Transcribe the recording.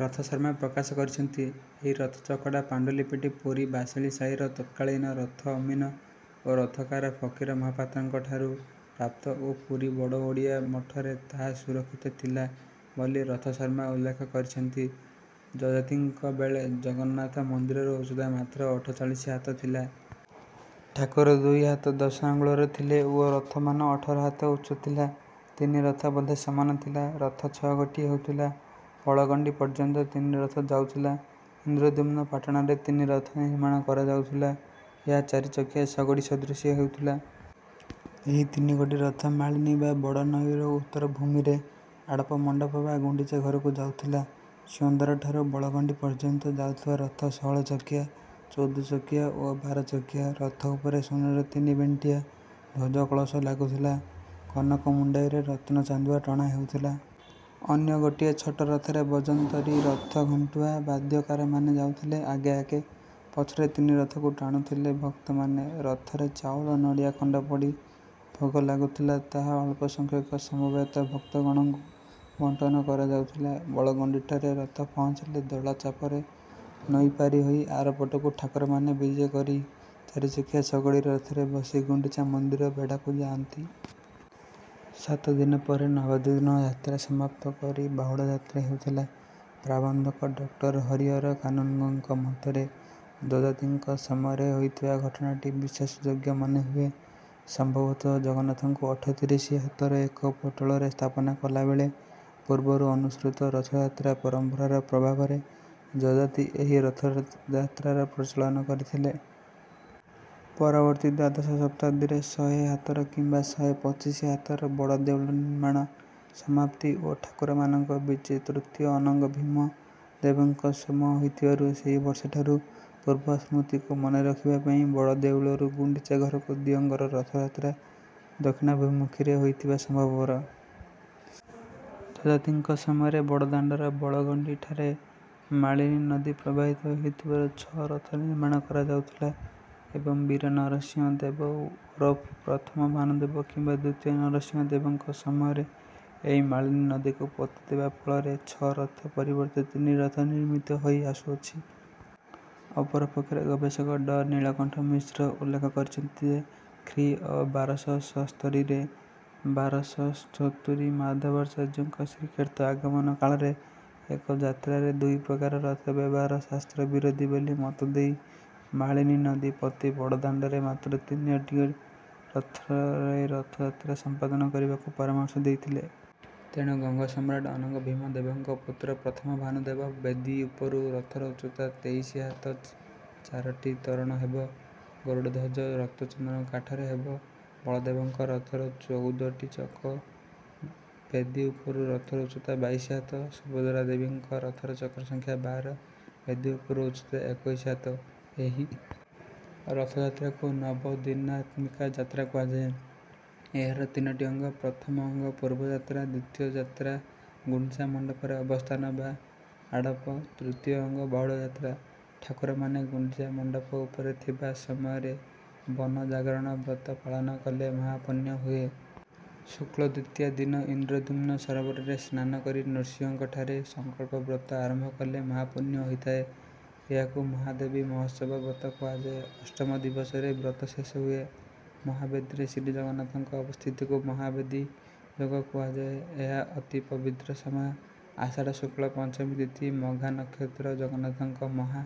ରଥଶର୍ମା ପ୍ରକାଶ କରିଛନ୍ତି। ଏହି ରଥଚକଡ଼ା ପାଣ୍ଡୁଲିପିଟି ପୁରୀ ବାସେଳି ସାହିର ତତ୍କାଳୀନ ରଥ ଅମୀନ ଓ ରଥକାର ଫକୀର ମହାପାତ୍ରଙ୍କଠାରୁ ପ୍ରାପ୍ତ ଓ ପୁରୀ ବଡ଼ ଓଡ଼ିଆ ମଠରେ ତାହା ସୁରକ୍ଷିତ ଥିଲା ବୋଲି ରଥଶର୍ମା ଉଲ୍ଲେଖ କରିଛନ୍ତି। ଯଯାତିଙ୍କ ବେଳେ ଜଗନ୍ନାଥ ମନ୍ଦିରର ଉଚ୍ଚତା ମାତ୍ର ଅଠଚାଳିଶି ହାତ ଥିଲା। ଠାକୁରେ ଦୁଇ ହାତ ଦଶ ଆଙ୍ଗୁଳର ଥିଲେ ଓ ରଥମାନ ଅଠର ହାତ ଉଚ୍ଚ ଥିଲା। ତିନି ରଥ ବୋଧେ ସମାନ ଥିଲା। ରଥ ଛଅଗୋଟି ହେଉଥିଲା। ବଳଗଣ୍ଡି ପର୍ଯ୍ୟନ୍ତ ତିନି ରଥ ଯାଉଥିଲା। ଇନ୍ଦ୍ରଦ୍ୟୁମ୍ନ ପାଟଣାରେ ତିନି ରଥ ନିର୍ମାଣ କରାଯାଉଥିଲା। ଏହା ଚାରିଚକିଆ ଶଗଡ଼ି ସଦୃଶ ହେଉଥିଲା। ଏହି ତିନିଗୋଟି ରଥ ମାଳିନୀ ବା ବଡ଼ନଈର ଉତ୍ତର ଭୂମିରେ ଆଡ଼ପ ମଣ୍ଡପ ବା ଗୁଣ୍ଡିଚା ଘରକୁ ଯାଉଥିଲା। ସିଂହଦ୍ୱାରଠାରୁ ବଳଗଣ୍ଡି ପର୍ଯ୍ୟନ୍ତ ଯାଉଥିବା ରଥ ଷୋହଳଚକିଆ, ଚଉଦଚକିଆ ଓ ବାରଚକିଆ। ରଥ ଉପରେ ସୁନାର ତିନିବେଣ୍ଟିଆ ଧ୍ୱଜ କଳସ ଲାଗୁଥିଲା। କନକ ମୁଣ୍ଡାଇରେ ରତ୍ନ ଚାନ୍ଦୁଆ ଟଣା ହେଉଥିଲା। ଅନ୍ୟ ଗୋଟିଏ ଛୋଟ ରଥରେ ବଜନ୍ତରି, ରଥ ଘଣ୍ଟୁଆ, ବାଦ୍ୟକାରମାନେ ଯାଉଥିଲେ ଆଗେ ଆଗେ। ପଛରେ ତିନି ରଥକୁ ଟାଣୁଥିଲେ ଭକ୍ତମାନେ। ରଥରେ ଚାଉଳ, ନଡ଼ିଆ ଖଣ୍ଡ ପଡ଼ି ଭୋଗ ଲାଗୁଥିଲା। ତାହା ଅଳ୍ପ ସଂଖ୍ୟକ ସମବେତ ଭକ୍ତଗଣଙ୍କୁ ବଣ୍ଟନ କରାଯାଉଥିଲା। ବଳଗଣ୍ଡିଠାରେ ରଥ ପହଞ୍ଚିଲେ ଦୋଳଚାପରେ ନଈ ପାରି ହୋଇ ଆରପଟକୁ ଠାକୁରମାନେ ବିଜେ କରି ଚାରିଚକିଆ ଶଗଡ଼ି ରଥରେ ବସି ଗୁଣ୍ଡିଚା ମନ୍ଦିର ବେଢ଼ାକୁ ଯାଆନ୍ତି। ସାତ ଦିନ ପରେ ନବଦିନ ଯାତ୍ରା ସମାପ୍ତ କରି ବାହୁଡ଼ା ଯାତ୍ରା ହେଉଥିଲା ପ୍ରାବନ୍ଧକ ଡକ୍ଟର ହରିହର କାନୁନ୍‌ଗୋଙ୍କ ମତରେ ଯଯାତିଙ୍କ ସମୟରେ ହୋଇଥିବା ଘଟଣାଟି ବିଶ୍ୱାସଯୋଗ୍ୟ ମନେହୁଏ। ସମ୍ଭବତଃ ଜଗନ୍ନାଥଙ୍କୁ ଅଠତିରିଶି ହାତର ଏକ ପଟୋଳରେ ସ୍ଥାପନା କଲା ବେଳେ ପୂର୍ବରୁ ଅନୁସୃତ ରଥଯାତ୍ରା ପରମ୍ପରାର ପ୍ରଭାବରେ ଯଯାତି ଏହି ରଥଯାତ୍ରାର ପ୍ରଚଳନ କରିଥିଲେ। ପରବର୍ତ୍ତୀ ଦ୍ୱାଦଶ ଶତାବ୍ଦୀରେ ଶହେ ହାତର କିମ୍ବା ଶହେ ପଚିଶି ହାତର ବଡ଼ଦେଉଳ ନିର୍ମାଣ ସମାପ୍ତି ଓ ଠାକୁରମାନଙ୍କ ବିଜେ ତୃତୀୟ ଅନଙ୍ଗଭୀମ ଦେବଙ୍କ ସମ ହୋଇଥିବାରୁ ସେହି ବର୍ଷଠାରୁ ପୂର୍ବ ସ୍ମୃତିକୁ ମନେ ରଖିବା ପାଇଁ ବଡ଼ଦେଉଳରୁ ଗୁଣ୍ଡିଚା ଘରକୁ ଦିଅଁଙ୍କର ରଥଯାତ୍ରା ଦକ୍ଷିଣାଭିମୁଖୀରେ ହୋଇଥିବା ସମ୍ଭବପର। ଯଯାତିଙ୍କ ସମୟରେ ବଡ଼ଦାଣ୍ଡର ବଳଗଣ୍ଡିଠାରେ ମାଳିନୀ ନଦୀ ପ୍ରବାହିତ ହେଉଥିବାରୁ ଛଅ ରଥ ନିର୍ମାଣ କରାଯାଉଥିଲା ଏବଂ ବୀର ନରସିଂହ ଦେବ ଓରଫ ପ୍ରଥମ ଭାନୁଦେବ କିମ୍ବା ଦ୍ୱିତୀୟ ନରସିଂହ ଦେବଙ୍କ ସମୟରେ ଏହି ମାଳିନୀ ନଦୀକୁ ପୋତି ଦେବା ଫଳରେ ଛଅ ରଥ ପରିବର୍ତ୍ତେ ତିନି ରଥ ନିର୍ମିତ ହୋଇ ଆସୁଅଛି। ଅପରପକ୍ଷରେ ଗବେଷକ ଡଃ ନୀଳକଣ୍ଠ ମିଶ୍ର ଉଲ୍ଲେଖ କରିଛନ୍ତି ଯେ, ଖ୍ରୀ.ଅ. ବାରଶହ ସ୍ତରୀରେ ବାରଶହସତୁରି ମାଧବାଚାର୍ଯ୍ୟଙ୍କ ଶ୍ରୀକ୍ଷେତ୍ର ଆଗମନ କାଳରେ ଏକ ଯାତ୍ରାରେ ଦୁଇ ପ୍ରକାର ରଥ ବ୍ୟବହାର ଶାସ୍ତ୍ର-ବିରୋଧୀ ବୋଲି ମତ ଦେଇ ମାଳିନୀ ନଦୀ ପୋତି ବଡ଼ଦାଣ୍ଡରେ ମାତ୍ର ତିନିଗୋଟି ରଥରେ ରଥଯାତ୍ରା ସମ୍ପାଦନ କରିବାକୁ ପରାମର୍ଶ ଦେଇଥିଲେ। ତେଣୁ ଗଙ୍ଗ ସମ୍ରାଟ ଅନଙ୍ଗ ଭୀମ ଦେବଙ୍କ ପୁତ୍ର ପ୍ରଥମ ଭାନୁଦେବ, ବେଦୀ ଉପରୁ ରଥର ଉଚ୍ଚତା ତେଇଶି ହାତ, ଚାରୋଟି ତୋରଣ ହେବ। ଗରୁଡ଼ଧ୍ୱଜ ରକ୍ତଚନ୍ଦନ କାଠରେ ହେବ। ବଳଦେବଙ୍କ ରଥର ଚଉଦଟି ଚକ, ବେଦୀ ଉପରୁ ରଥର ଉଚ୍ଚତା ବାଇଶି ହାତ। ସୁଭଦ୍ରା ଦେବୀଙ୍କ ରଥର ଚକ ସଂଖ୍ୟା ବାର, ବେଦୀ ଉପରୁ ଉଚ୍ଚତା ଏକୋଇଶି ହାତ। ଏହି ରଥଯାତ୍ରାକୁ ନବଦିନାତ୍ମିକା ଯାତ୍ରା କୁହାଯାଏ। ଏହାର ତିନୋଟି ଅଙ୍ଗ: ପ୍ରଥମ ଅଙ୍ଗ ପୂର୍ବ ଯାତ୍ରା, ଦ୍ୱିତୀୟ ଯାତ୍ରା ଗୁଣ୍ଡିଚା ମଣ୍ଡପରେ ଅବସ୍ଥାନ ବା ଆଡ଼ପ, ତୃତୀୟ ଅଙ୍ଗ ବାହୁଡ଼ା ଯାତ୍ରା। ଠାକୁରମାନେ ଗୁଣ୍ଡିଚା ମଣ୍ଡପ ଉପରେ ଥିବା ସମୟରେ ବନ ଜାଗରଣ ବ୍ରତ ପାଳନ କଲେ ମହାପୁଣ୍ୟ ହୁଏ। ଶୁକ୍ଳ ଦ୍ୱିତୀୟା ଦିନ ଇନ୍ଦ୍ରଦ୍ୟୁମ୍ନ ସରୋବରରେ ସ୍ନାନ କରି ନୃସିଂହଙ୍କଠାରେ ସଂକଳ୍ପ ବ୍ରତ ଆରମ୍ଭ କଲେ ମହାପୁଣ୍ୟ ହୋଇଥାଏ। ଏହାକୁ ମହାବେଦୀ ମହୋତ୍ସବ ବ୍ରତ କୁହାଯାଏ। ଅଷ୍ଟମ ଦିବସରେ ବ୍ରତ ଶେଷ ହୁଏ। ମହାବେଦୀରେ ଶ୍ରୀଜଗନ୍ନାଥଙ୍କ ଅବସ୍ଥିତିକୁ ମହାବେଦୀ ଯୋଗ କୁହାଯାଏ। ଏହା ଅତି ପବିତ୍ର ସମୟ। ଆଷାଢ଼ ଶୁକ୍ଳ ପଞ୍ଚମୀ ତିଥି, ମଘା ନକ୍ଷତ୍ର, ଜଗନ୍ନାଥଙ୍କ ମହା...